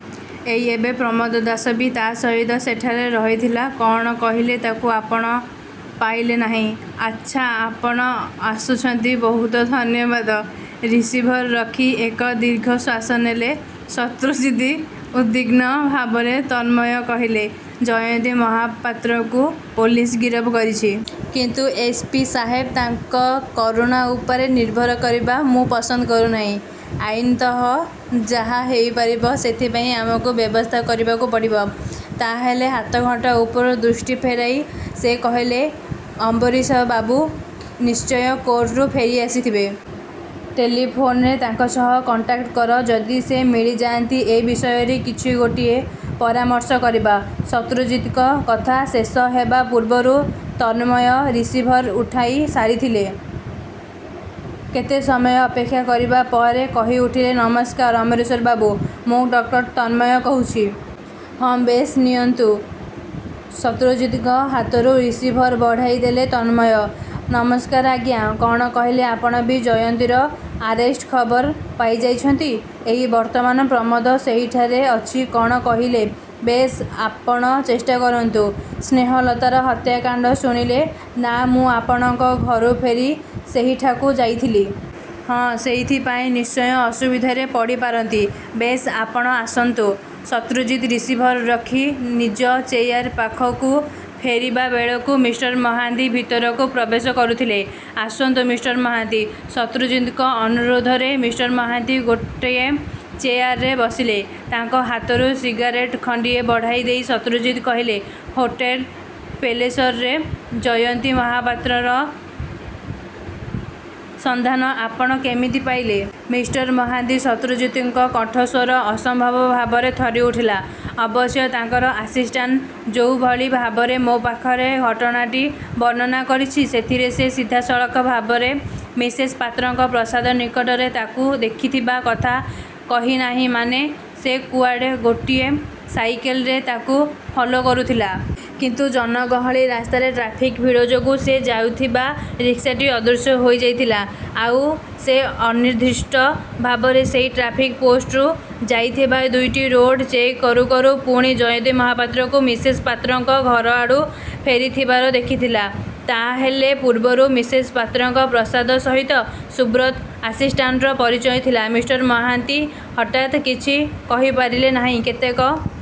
ଏଇ ଏବେ, ପ୍ରମୋଦ ଦାସ ବି ତା'ସହିତ ସେଠାରେ ରହିଥିଲା କଣ କହିଲେ ତାକୁ ଆପଣ ପାଇଲେ ନାହିଁ। ଆଚ୍ଛା ଆପଣ ଆସୁଛନ୍ତି ବହୁତ ଧନ୍ୟବାଦ। ' ରିସିଭର ରଖି ଏକ ଦୀର୍ଘ ଶ୍ୱାସ ନେଲେ ଶତ୍ରୁଜିତ। ଉଦ୍ବିଗ୍ନ ଭାବରେ ତନ୍ମୟ କହିଲେ, 'ଜୟନ୍ତୀ ମହାପାତ୍ରକୁ ପୋଲିସ ଗିରଫ କରିଛି? ' 'କିନ୍ତୁ ଏସ. ପି. ସାହେବ' 'ତାଙ୍କ କରୁଣା ଉପରେ ନିର୍ଭର କରିବା ମୁଁ ପସନ୍ଦ କରୁନାହିଁ। ଆଇନତଃ ଯାହା ହେଇପାରିବ, ସେଥିପାଇଁ ଆମକୁ ବ୍ୟବସ୍ଥା କରିବାକୁ ପଡ଼ିବ। ' ତା' ହେଲେ ହାତଘଣ୍ଟା ଉପରୁ ଦୃଷ୍ଟି ଫେରାଇ ସେ କହିଲେ, 'ଅମ୍ୱରୀଶବାବୁ ନିଶ୍ଚୟ କୋର୍ଟରୁ ଫେରିଆସିଥିବେ। ଟେଲିଫୋନରେ। ତାଙ୍କ ସହ କଣ୍ଟାକ୍ଟ କର। ଯଦି ସେ ମିଳିଯାଆନ୍ତି ଏ ବିଷୟରେ କିଛି ଗୋଟିଏ ପରାମର୍ଶ କରିବା। ' ଶତ୍ରୁଜିତଙ୍କ କଥା ଶେଷ ହେବା ପୂର୍ବରୁ ତନ୍ମୟ ରିସିଭର ଉଠାଇ ସାରିଥିଲେ। କେତେ ସମୟ ଅପେକ୍ଷା କରିବା ପରେ କହିଉଠିଲେ, 'ନମସ୍କାର ଅମରୀଶରବାବୁ, ମୁଁ ଡ: ତନ୍ମୟ କହୁଛି। ହଁ ବେଶ୍, ନିଅନ୍ତୁ। ' ଶତ୍ରୁଜିତଙ୍କ ହାତକୁ ରିସିଭର ବଢ଼ାଇଦେଲେ ତନ୍ମୟ। 'ନମସ୍କାର ଆଜ୍ଞା, କଣ କହିଲେ ଆପଣ ବି ଜୟନ୍ତୀର ଆରେଷ୍ଟ ଖବର ପାଇଯାଇଛନ୍ତି-। ଏଇ ବର୍ତ୍ତମାନ ପ୍ରମୋଦ ସେହିଠାରେ ଅଛି କଣ କହିଲେ–ବେଶ୍, ଆପଣ ଚେଷ୍ଟାକରନ୍ତୁ-। ସ୍ନେହଲତାର ହତ୍ୟାକାଣ୍ତ ଶୁଣିଲେ, ନା–ମୁଁ ଆପଣଙ୍କ ଘରୁ ଫେରି ସେହିଠାକୁ ଯାଇଥିଲି। ହଁ, ସେଇଥିପାଇଁ ନିଶ୍ଚୟ ଅସୁବିଧାରେ ପଡ଼ିପାରନ୍ତି। ବେଶ୍, ଆପଣ ଆସନ୍ତୁ। ' ଶତ୍ରୁଜିତ ରିସିଭର ରଖି ନିଜ ଚେୟାର ପାଖକୁ ଫେରିବାବେଳକୁ ମି: ମହାନ୍ତି ଭିତରକୁ ପ୍ରବେଶ କରୁଥିଲେ। 'ଆସନ୍ତୁ, ମି: ମହାନ୍ତି! ' ଶତ୍ରୁଜିତଙ୍କ ଅନୁରୋଧରେ ମି: ମହାନ୍ତି ଗୋଟିଏ ଚେୟାରରେ ବସିଲେ। ତାଙ୍କ ହାତକୁ ସିଗାରେଟ୍ ଖଣ୍ତିଏ ବଢାଇ ଦେଇ ଶତ୍ରୁଜିତ କହିଲେ, 'ହୋଟେଲ ପେଲେସରେ ଜୟନ୍ତୀ ମହାପାତ୍ରର ସନ୍ଧାନ ଆପଣ କେମିତି ପାଇଲେ? ' ମିଃ: ମହାନ୍ତି! ' ଶତ୍ରୁଜିତଙ୍କ କଣ୍ଠସ୍ୱର ଅସମ୍ଭବ ଭାବରେ ଥରିଉଠିଲା। 'ଅବଶ୍ୟ ତାଙ୍କର ଆସିଷ୍ଟାଣ୍ଟ ଯୋଉଭଳି ଭାବରେ ମୋ ପାଖରେ ଘଟଣାଟି ବର୍ଣ୍ଣନା କରିଛି ସେଥିରେ ସେ ସିଧାସଳଖ ଭାବରେ ମିସେସ୍ ପାତ୍ରଙ୍କ ପ୍ରାସାଦ ନିକଟରେ ତାକୁ ଦେଖିଥିବା କଥା କହିନାହିଁ' 'ମାନେ? ' 'ସେ କୁଆଡ଼େ ଗୋଟିଏ ସାଇକେଲରେ ତାକୁ ଫଲୋ କରୁଥିଲା। କିନ୍ତୁ ଜନଗହଳି ରାସ୍ତାରେ ଟ୍ରାଫିକ୍ ଭିଡ଼ ଯୋଗୁଁ ସେ ଯାଉଥିବା ରିକ୍ସାଟି ଅଦୃଶ୍ୟ ହେଇଯାଇଥିଲା। ଆଉ ସେ ଅନିର୍ଦ୍ଦିଷ୍ଟ ଭାବରେ ସେଇ ଟ୍ରାଫିକ୍ ପୋଷ୍ଟରୁ ଯାଇଥିବା ଦୁଇଟି ରୋଡ଼ ଚେକ୍ କରୁ କରୁ ପୁଣି ଜୟନ୍ତୀ ମହାପାତ୍ରକୁ ମିସେସ୍ ପାତ୍ରଙ୍କ ଘରଆଡ଼ୁ ଫେରିଥିବାର ଦେଖିଥିଲା। ' 'ତା' ହେଲେ ପୂର୍ବରୁ ମିସେସ ପାତ୍ରଙ୍କ ପ୍ରାସାଦ ସହିତ ସୁବ୍ରତଙ୍କ ଆସିଷ୍ଟାଣ୍ଟର ପରିଚୟ ଥିଲା? ' 'ମି: ମହାନ୍ତି ହଠାତ୍ କିଛି କହିପାରିଲେ ନାହିଁ। କେତେକ